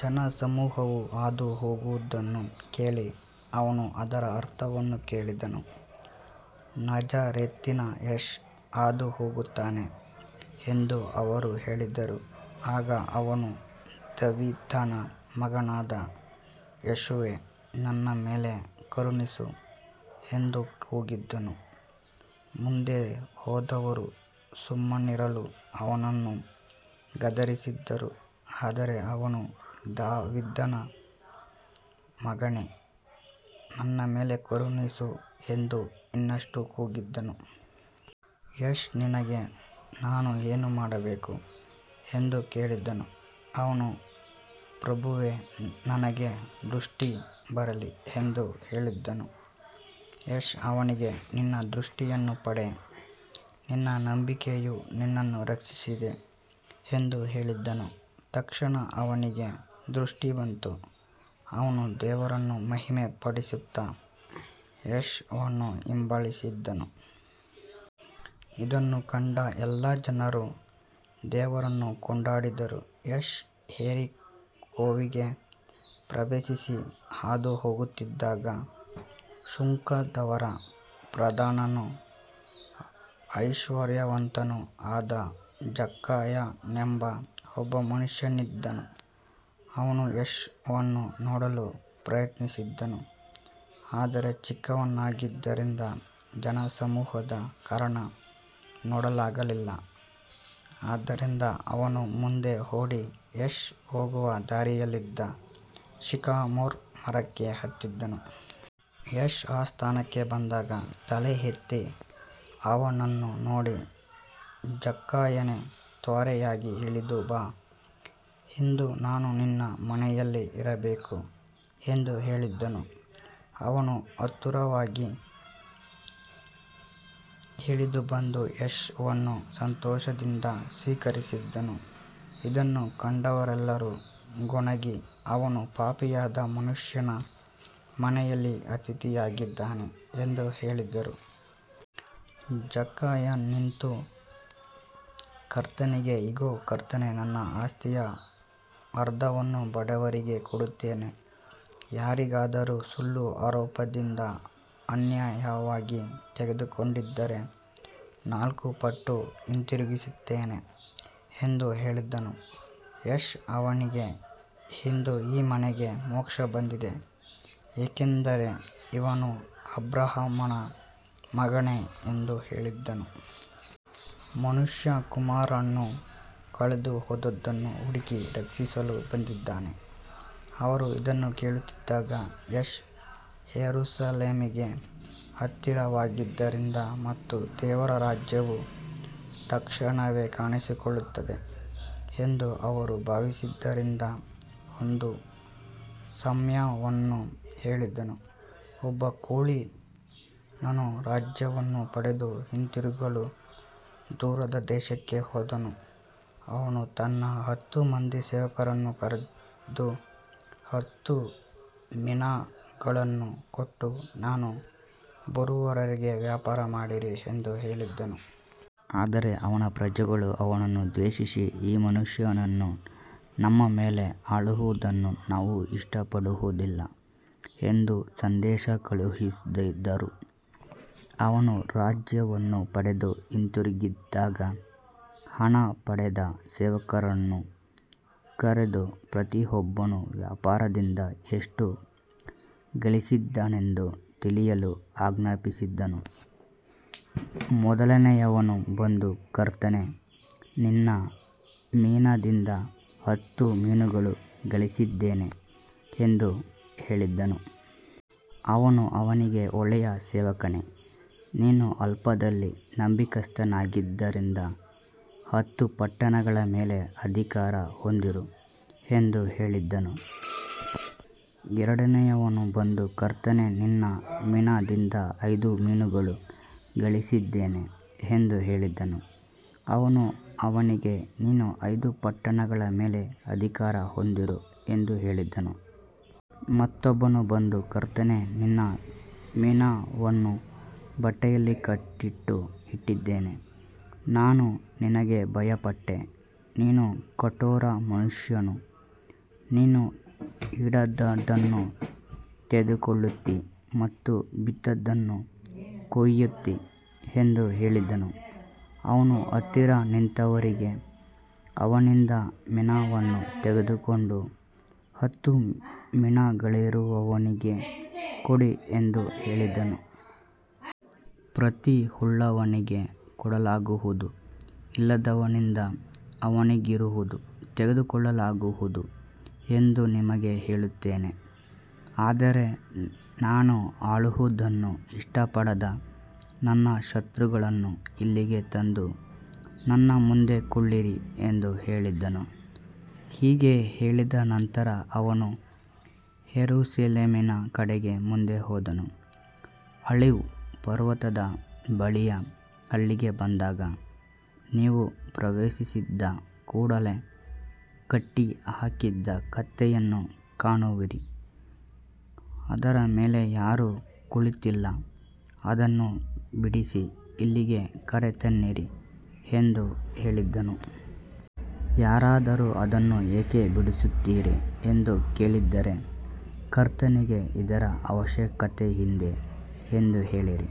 ಜನಸಮೂಹವು ಹಾದುಹೋಗುವುದನ್ನು ಕೇಳಿ ಅವನು ಅದರ ಅರ್ಥವನ್ನು ಕೇಳಿದನು. ನಜರೇತಿನ ಯೇಸು ಹಾದುಹೋಗುತ್ತಾನೆ ಎಂದು ಅವರು ಹೇಳಿದರು. ಆಗ ಅವನು ದಾವೀದನ ಮಗನಾದ ಯೇಸುವೇ, ನನ್ನ ಮೇಲೆ ಕರುಣಿಸು ಎಂದು ಕೂಗಿದನು. ಮುಂದೆ ಹೋದವರು ಸುಮ್ಮನಿರಲು ಅವನನ್ನು ಗದರಿಸಿದರು, ಆದರೆ ಅವನು ದಾವೀದನ ಮಗನೇ, ನನ್ನ ಮೇಲೆ ಕರುಣಿಸು ಎಂದು ಇನ್ನಷ್ಟು ಕೂಗಿದನು. ಯೇಸು ನಿನಗೆ ನಾನು ಏನು ಮಾಡಬೇಕು ಎಂದು ಕೇಳಿದನು. ಅವನು ಪ್ರಭುವೇ, ನನಗೆ ದೃಷ್ಟಿ ಬರಲಿ ಎಂದು ಹೇಳಿದನು. ಯೇಸು ಅವನಿಗೆ, ನಿನ್ನ ದೃಷ್ಟಿಯನ್ನು ಪಡೆ, ನಿನ್ನ ನಂಬಿಕೆಯು ನಿನ್ನನ್ನು ರಕ್ಷಿಸಿದೆ ಎಂದು ಹೇಳಿದನು. ತಕ್ಷಣ ಅವನಿಗೆ ದೃಷ್ಟಿ ಬಂತು, ಅವನು ದೇವರನ್ನು ಮಹಿಮೆಪಡಿಸುತ್ತಾ ಯೇಸುವನ್ನು ಹಿಂಬಾಲಿಸಿದನು. ಇದನ್ನು ಕಂಡ ಎಲ್ಲ ಜನರು ದೇವರನ್ನು ಕೊಂಡಾಡಿದರು. ಯೇಸು ಯೆರಿಕೋವಿಗೆ ಪ್ರವೇಶಿಸಿ ಹಾದುಹೋಗುತ್ತಿದ್ದಾಗ, ಸುಂಕದವರ ಪ್ರಧಾನನೂ ಐಶ್ವರ್ಯವಂತನೂ ಆದ ಜಕ್ಕಾಯನೆಂಬ ಒಬ್ಬ ಮನುಷ್ಯನಿದ್ದನು. ಅವನು ಯೇಸುವನ್ನು ನೋಡಲು ಪ್ರಯತ್ನಿಸಿದನು, ಆದರೆ ಚಿಕ್ಕವನಾಗಿದ್ದರಿಂದ ಜನಸಮೂಹದ ಕಾರಣ ನೋಡಲಾಗಲಿಲ್ಲ. ಆದ್ದರಿಂದ ಅವನು ಮುಂದೆ ಓಡಿ, ಯೇಸು ಹೋಗುವ ದಾರಿಯಲ್ಲಿದ್ದ ಸಿಕಮೋರ್ ಮರಕ್ಕೆ ಹತ್ತಿದನು. ಯೇಸು ಆ ಸ್ಥಳಕ್ಕೆ ಬಂದಾಗ ತಲೆಯೆತ್ತಿ ಅವನನ್ನು ನೋಡಿ, ಜಕ್ಕಾಯನೇ, ತ್ವರೆಯಾಗಿ ಇಳಿದು ಬಾ, ಇಂದು ನಾನು ನಿನ್ನ ಮನೆಯಲ್ಲಿ ಇರಬೇಕು ಎಂದು ಹೇಳಿದನು. ಅವನು ಆತುರವಾಗಿ ಇಳಿದು ಬಂದು ಯೇಸುವನ್ನು ಸಂತೋಷದಿಂದ ಸ್ವೀಕರಿಸಿದನು. ಇದನ್ನು ಕಂಡವರೆಲ್ಲರೂ ಗೊಣಗಿ, ಅವನು ಪಾಪಿಯಾದ ಮನುಷ್ಯನ ಮನೆಯಲ್ಲಿ ಅತಿಥಿಯಾಗಿದ್ದಾನೆ ಎಂದು ಹೇಳಿದರು. ಜಕ್ಕಾಯನು ನಿಂತು ಕರ್ತನಿಗೆ, ಇಗೋ ಕರ್ತನೇ, ನನ್ನ ಆಸ್ತಿಯ ಅರ್ಧವನ್ನು ಬಡವರಿಗೆ ಕೊಡುತ್ತೇನೆ. ಯಾರಿಗಾದರೂ ಸುಳ್ಳು ಆರೋಪದಿಂದ ಅನ್ಯಾಯವಾಗಿ ತೆಗೆದುಕೊಂಡಿದ್ದರೆ ನಾಲ್ಕು ಪಟ್ಟು ಹಿಂದಿರುಗಿಸುತ್ತೇನೆ ಎಂದು ಹೇಳಿದನು. ಯೇಸು ಅವನಿಗೆ, ಇಂದು ಈ ಮನೆಗೆ ಮೋಕ್ಷ ಬಂದಿದೆ, ಏಕೆಂದರೆ ಇವನೂ ಅಬ್ರಹಾಮನ ಮಗನೇ ಎಂದು ಹೇಳಿದನು. ಮನುಷ್ಯಕುಮಾರನು ಕಳೆದುಹೋದದ್ದನ್ನು ಹುಡುಕಿ ರಕ್ಷಿಸಲು ಬಂದಿದ್ದಾನೆ. ಅವರು ಇದನ್ನು ಕೇಳುತ್ತಿದ್ದಾಗ, ಯೇಸು ಯೆರೂಸಲೇಮಿಗೆ ಹತ್ತಿರವಾಗಿದ್ದರಿಂದ ಮತ್ತು ದೇವರ ರಾಜ್ಯವು ತಕ್ಷಣವೇ ಕಾಣಿಸಿಕೊಳ್ಳುತ್ತದೆ ಎಂದು ಅವರು ಭಾವಿಸಿದ್ದರಿಂದ ಒಂದು ಸಾಮ್ಯವನ್ನು ಹೇಳಿದನು. ಒಬ್ಬ ಕುಲೀನನು ರಾಜ್ಯವನ್ನು ಪಡೆದು ಹಿಂದಿರುಗಲು ದೂರದ ದೇಶಕ್ಕೆ ಹೋದನು. ಅವನು ತನ್ನ ಹತ್ತು ಮಂದಿ ಸೇವಕರನ್ನು ಕರೆದು ಹತ್ತು ಮಿನಾಗಳನ್ನು ಕೊಟ್ಟು, ನಾನು ಬರುವವರೆಗೆ ವ್ಯಾಪಾರ ಮಾಡಿರಿ ಎಂದು ಹೇಳಿದನು. ಆದರೆ ಅವನ ಪ್ರಜೆಗಳು ಅವನನ್ನು ದ್ವೇಷಿಸಿ, ಈ ಮನುಷ್ಯನು ನಮ್ಮ ಮೇಲೆ ಆಳುವುದನ್ನು ನಾವು ಇಷ್ಟಪಡುವುದಿಲ್ಲ ಎಂದು ಸಂದೇಶ ಕಳುಹಿಸಿದರು. ಅವನು ರಾಜ್ಯವನ್ನು ಪಡೆದು ಹಿಂದಿರುಗಿದಾಗ, ಹಣ ಪಡೆದ ಸೇವಕರನ್ನು ಕರೆದು ಪ್ರತಿಯೊಬ್ಬನು ವ್ಯಾಪಾರದಿಂದ ಎಷ್ಟು ಗಳಿಸಿದ್ದಾನೆಂದು ತಿಳಿಯಲು ಆಜ್ಞಾಪಿಸಿದನು. ಮೊದಲನೆಯವನು ಬಂದು, ಕರ್ತನೇ, ನಿನ್ನ ಮಿನಾದಿಂದ ಹತ್ತು ಮಿನಾಗಳು ಗಳಿಸಿದ್ದೇನೆ ಎಂದು ಹೇಳಿದನು. ಅವನು ಅವನಿಗೆ, ಒಳ್ಳೆಯ ಸೇವಕನೇ, ನೀನು ಅಲ್ಪದಲ್ಲಿ ನಂಬಿಗಸ್ತನಾಗಿದ್ದರಿಂದ ಹತ್ತು ಪಟ್ಟಣಗಳ ಮೇಲೆ ಅಧಿಕಾರ ಹೊಂದಿರು ಎಂದು ಹೇಳಿದನು. ಎರಡನೆಯವನು ಬಂದು, ಕರ್ತನೇ, ನಿನ್ನ ಮಿನಾದಿಂದ ಐದು ಮಿನಾಗಳು ಗಳಿಸಿದ್ದೇನೆ ಎಂದು ಹೇಳಿದನು. ಅವನು ಅವನಿಗೆ, ನೀನು ಐದು ಪಟ್ಟಣಗಳ ಮೇಲೆ ಅಧಿಕಾರ ಹೊಂದಿರು ಎಂದು ಹೇಳಿದನು. ಮತ್ತೊಬ್ಬನು ಬಂದು, ಕರ್ತನೇ, ನಿನ್ನ ಮಿನಾವನ್ನು ಬಟ್ಟೆಯಲ್ಲಿ ಕಟ್ಟಿಟ್ಟು ಇಟ್ಟಿದ್ದೇನೆ. ನಾನು ನಿನಗೆ ಭಯಪಟ್ಟೆ, ನೀನು ಕಠೋರ ಮನುಷ್ಯನು, ನೀನು ಇಡದದ್ದನ್ನು ತೆಗೆದುಕೊಳ್ಳುತ್ತೀ ಮತ್ತು ಬಿತ್ತದದ್ದನ್ನು ಕೊಯ್ಯುತ್ತೀ ಎಂದು ಹೇಳಿದನು. ಅವನು ಹತ್ತಿರ ನಿಂತವರಿಗೆ, ಅವನಿಂದ ಮಿನಾವನ್ನು ತೆಗೆದುಕೊಂಡು ಹತ್ತು ಮಿನಾಗಳಿರುವವನಿಗೆ ಕೊಡಿ ಎಂದು ಹೇಳಿದನು. ಪ್ರತಿಯುಳ್ಳವನಿಗೆ ಕೊಡಲಾಗುವುದು, ಇಲ್ಲದವನಿಂದ ಅವನಿಗಿರುವುದೂ ತೆಗೆದುಕೊಳ್ಳಲಾಗುವುದು ಎಂದು ನಿಮಗೆ ಹೇಳುತ್ತೇನೆ. ಆದರೆ ನಾನು ಆಳುವುದನ್ನು ಇಷ್ಟಪಡದ ನನ್ನ ಶತ್ರುಗಳನ್ನು ಇಲ್ಲಿಗೆ ತಂದು ನನ್ನ ಮುಂದೆ ಕೊಲ್ಲಿರಿ ಎಂದು ಹೇಳಿದನು. ಹೀಗೆ ಹೇಳಿದ ನಂತರ ಅವನು ಯೆರೂಸಲೇಮಿನ ಕಡೆಗೆ ಮುಂದೆ ಹೋದನು. ಆಲಿವ್ ಪರ್ವತದ ಬಳಿಯ ಹಳ್ಳಿಗೆ ಬಂದಾಗ, ನೀವು ಪ್ರವೇಶಿಸಿದ ಕೂಡಲೇ ಕಟ್ಟಿಹಾಕಿದ ಕತ್ತೆಯನ್ನು ಕಾಣುವಿರಿ, ಅದರ ಮೇಲೆ ಯಾರೂ ಕುಳಿತಿಲ್ಲ, ಅದನ್ನು ಬಿಡಿಸಿ ಇಲ್ಲಿಗೆ ಕರೆತನ್ನಿರಿ ಎಂದು ಹೇಳಿದನು. ಯಾರಾದರೂ, ಅದನ್ನು ಏಕೆ ಬಿಡಿಸುತ್ತೀರಿ ಎಂದು ಕೇಳಿದರೆ, ಕರ್ತನಿಗೆ ಇದರ ಅವಶ್ಯಕತೆಯಿದೆ ಎಂದು ಹೇಳಿರಿ.